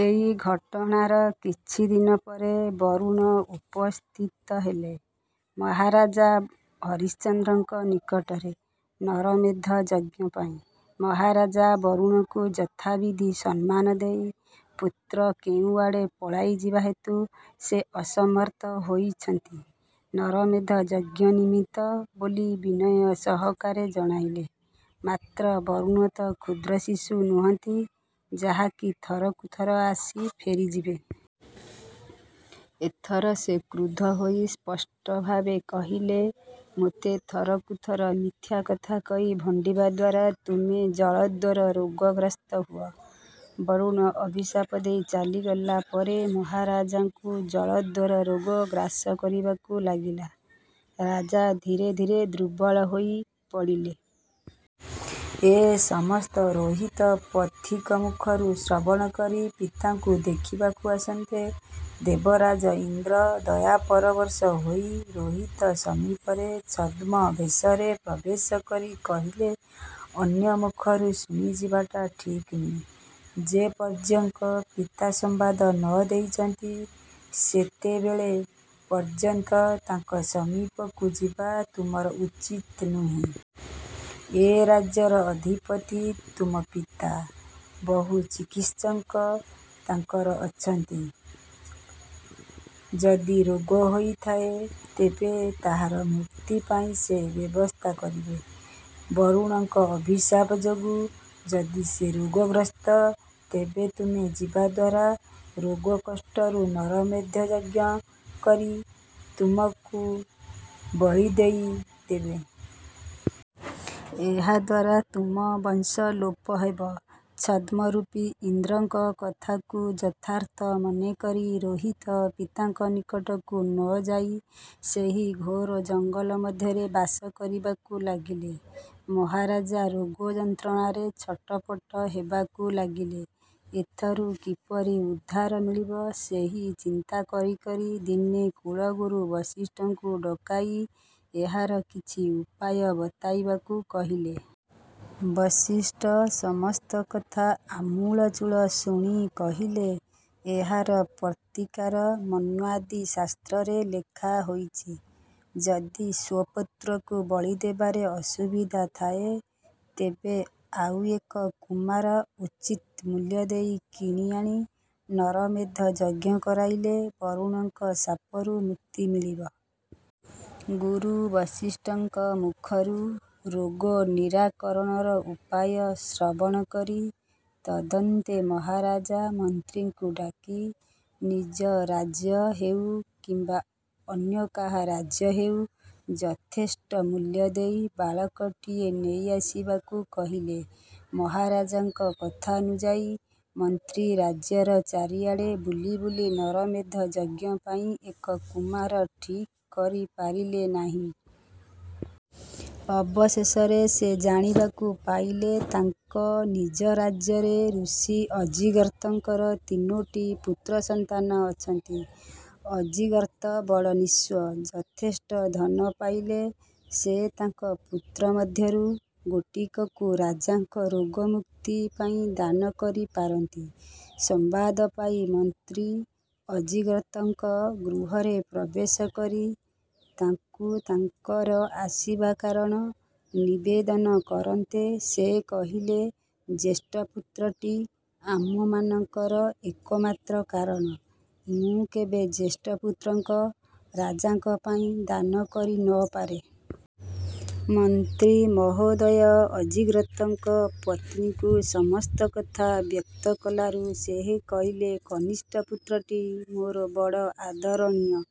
ଏହି ଘଟଣାର କିଛିଦିନ ପରେ ବରୁଣ ଉପସ୍ଥିତ ହେଲେ ମହାରାଜ ହରିଶ୍ଚନ୍ଦ୍ରଙ୍କ ନିକଟରେ ନରମେଧ ଯଜ୍ଞ ପାଇଁ। ମହାରାଜ ବରୁଣଙ୍କୁ ଯଥାବିଧି ସମ୍ମାନ ଦେଇ ପୁତ୍ର କେଉଁଆଡ଼େ ପଳାଇଯିବା ହେତୁ ସେ ଅସମର୍ଥ ହୋଇଛନ୍ତି ନରମେଧ ଯଜ୍ଞ ନିମିତ୍ତ ବୋଲି ବିନୟ ସହକାରେ ଜଣାଇଲେ। ମାତ୍ର ବରୁଣ ତ କ୍ଷୁଦ୍ର ଶିଶୁ ନୁହନ୍ତି, ଯାହାକି ଥରକୁ ଥର ଆସି ଫେରିଯିବେ! ଏଥର ସେ କ୍ରୁଦ୍ଧ ହୋଇ ସ୍ପଷ୍ଟଭାବେ କହିଲେ, ''ମୋତେ ଥରକୁ ଥର ମିଥ୍ୟା କଥା କହି ଭଣ୍ଡିବା ଦ୍ୱାରା ତୁମେ ଜଳୋଦର ରୋଗଗ୍ରସ୍ତ ହୁଅ। '' ବରୁଣ ଅଭିଶାପ ଦେଇ ଚାଲି ଗଲାପରେ ମହାରାଜାଙ୍କୁ ଜଳୋଦର ରୋଗ ଗ୍ରାସ କରିବାକୁ ଲାଗିଲା। ରାଜା ଧୀରେ ଧୀରେ ଦୁର୍ବଳ ହୋଇ ପଡ଼ିଲେ। ଏ ସମସ୍ତ ରୋହିତ ପଥିକ ମୁଖରୁ ଶ୍ରବଣକରି ପିତାଙ୍କୁ ଦେଖିବାକୁ ଆସନ୍ତେ ଦେବରାଜ ଇନ୍ଦ୍ର ଦୟାପରବଶ ହୋଇ ରୋହିତ ସମୀପରେ ଛଦ୍ମବେଶରେ ପ୍ରବେଶ କରି କହିଲେ, ଅନ୍ୟ ମୁଖରୁ ଶୁଣି ଯିବାଟା ଠିକ୍ ନୁହେଁ। ଯେ ପର୍ଯ୍ୟଙ୍କ ପିତା ସମ୍ୱାଦ ନ ଦେଇଛନ୍ତି ସେତେବେଳେ ପର୍ଯ୍ୟନ୍ତ ତାଙ୍କ ସମୀପକୁ ଯିବା ତୁମର ଉଚିତ୍ ନୁହେଁ। ଏ ରାଜ୍ୟର ଅଧିପତି ତୁମ ପିତା। ବହୁ ଚିକିତ୍ସକ ତାଙ୍କର ଅଛନ୍ତି। ଯଦି ରୋଗ ହୋଇଥାଏ, ତେବେ ତା'ର ମୁକ୍ତି ପାଇଁ ସେ ବ୍ୟବସ୍ଥା କରିବେ। ବରୁଣଙ୍କ ଅଭିଶାପ ଯୋଗୁଁ ଯଦି ସେ ରୋଗଗ୍ରସ୍ତ ତେବେ ତୁମେ ଯିବା ଦ୍ୱାରା ରୋଗ କଷ୍ଟରୁ ନରମେଧ ଯଜ୍ଞ କରି ତୁମକୁ ବଳି ଦେଇ ଦେବେ। ଏହା ଦ୍ୱାର ତୁମ ବଂଶ ଲୋପ ହେବ। ଛଦ୍ମରୂପୀ ଇନ୍ଦ୍ରଙ୍କ କଥାକୁ ଯଥାର୍ଥ ମନେକରି ରୋହିତ ପିତାଙ୍କ ନିକଟକୁ ନ ଯାଇ ସେହି ଘୋର ଜଙ୍ଗଲ ମଧ୍ୟରେ ବାସ କରିବାକୁ ଲାଗିଲେ! ମହାରାଜ ରୋଗ ଯନ୍ତ୍ରଣାରେ ଛଟପଟ ହେବାକୁ ଲାଗିଲେ। ଏଥିରୁ କିପରି ଉଦ୍ଧାର ମିଳିବ ସେହି ଚିନ୍ତା କରି କରି ଦିନେ କୁଳଗୁରୁ ବଶିଷ୍ଠଙ୍କୁ ଡକାଇ ଏହାର କିଛି ଉପାୟ ବତାଇବାକୁ କହିଲେ। ବଶିଷ୍ଠ ସମସ୍ତ କଥା ଆମୂଳଚୂଳ ଶୁଣି କହିଲେ, ଏହାର ପ୍ରତିକାର ମନ୍ୱାଦି ଶାସ୍ତ୍ରରେ ଲେଖା ହୋଇଛି। ଯଦି ସ୍ୱପୁତ୍ରକୁ ବଳି ଦେବାରେ ଅସୁବିଧା ଥାଏ, ତେବେ ଆଉ ଏକ କୁମାର ଉଚିତ୍ ମୂଲ୍ୟ ଦେଇ କିଣିଆଣି ନରମେଧ ଯଜ୍ଞ କରାଇଲେ ବରୁଣଙ୍କ ଶାପରୁ ମୁକ୍ତ ମିଳିବ। ଗୁରୁ ବଶିଷ୍ଠଙ୍କ ମୁଖରୁ ରୋଗ ନିରାକରଣର ଉପାୟ ଶ୍ରବଣକରି ତଦନ୍ତେ ମହାରାଜା ମନ୍ତ୍ରୀଙ୍କୁ ଡାକି ନିଜ ରାଜ୍ୟ ହେଉ କିମ୍ୱା ଅନ୍ୟ କାହା ରାଜ୍ୟ ହେଉ ଯଥେଷ୍ଟ ମୂଲ୍ୟ ଦେଇ ବାଳକଟିଏ ନେଇ ଆସିବାକୁ କହିଲେ। ମହାରାଜାଙ୍କ କଥାନୁଯାୟୀ ମନ୍ତ୍ରୀ ରାଜ୍ୟର ଚାରିଆଡ଼େ ବୁଲି ବୁଲି ନରମେଧ ଯଜ୍ଞ ପାଇଁ ଏକ କୁମାର ଠିକ୍ କରିପାରିଲେ ନାହିଁ। ଅବଶେଷରେ ସେ ଜାଣିବାକୁ ପାଇଲେ ତାଙ୍କ ନିଜ ରାଜ୍ୟରେ ଋଷି ଅଜିଗର୍ତ୍ତଙ୍କର ତିନୋଟି ପୁତ୍ର ସନ୍ତାନ ଅଛନ୍ତି। ଅଜିଗର୍ତ୍ତ ବଡ଼ ନିଃସ୍ୱ। ଯଥେଷ୍ଟ ଧନ ପାଇଲେ ସେ ତାଙ୍କ ପୁତ୍ର ମଧ୍ୟରୁ ଗୋଟିକକୁ ରାଜାଙ୍କ ରୋଗମୁକ୍ତି ପାଇଁ ଦାନ କରିପାରନ୍ତି। ସମ୍ୱାଦ ପାଇ ମନ୍ତ୍ରୀ ଅଜିଗର୍ତ୍ତଙ୍କ ଗୃହରେ ପ୍ରବେଶ କରି ତାଙ୍କୁ ତାଙ୍କର ଆସିବା କାରଣ ନିବେଦନ କରନ୍ତେ ସେ କହିଲେ ଜ୍ୟେଷ୍ଠ ପୁତ୍ରଟି ଆମ୍ଭମାନଙ୍କର ଏକମାତ୍ର କାରଣ ମୁଁ କେବେ ଜ୍ୟେଷ୍ଠ ପୁତ୍ରଙ୍କ ରାଜାଙ୍କ ପାଇଁ ଦାନ କରି ନ ପାରେ। ମନ୍ତ୍ରୀ ମହୋଦୟ ଅଜିଗର୍ତ୍ତଙ୍କ ପତ୍ନୀଙ୍କୁ ସମସ୍ତ କଥା ବ୍ୟକ୍ତ କଲାରୁ ସେ କହିଲେ କନିଷ୍ଠ ପୁତ୍ରଟି ମୋର ବଡ଼ ଆଦରଣୀୟ।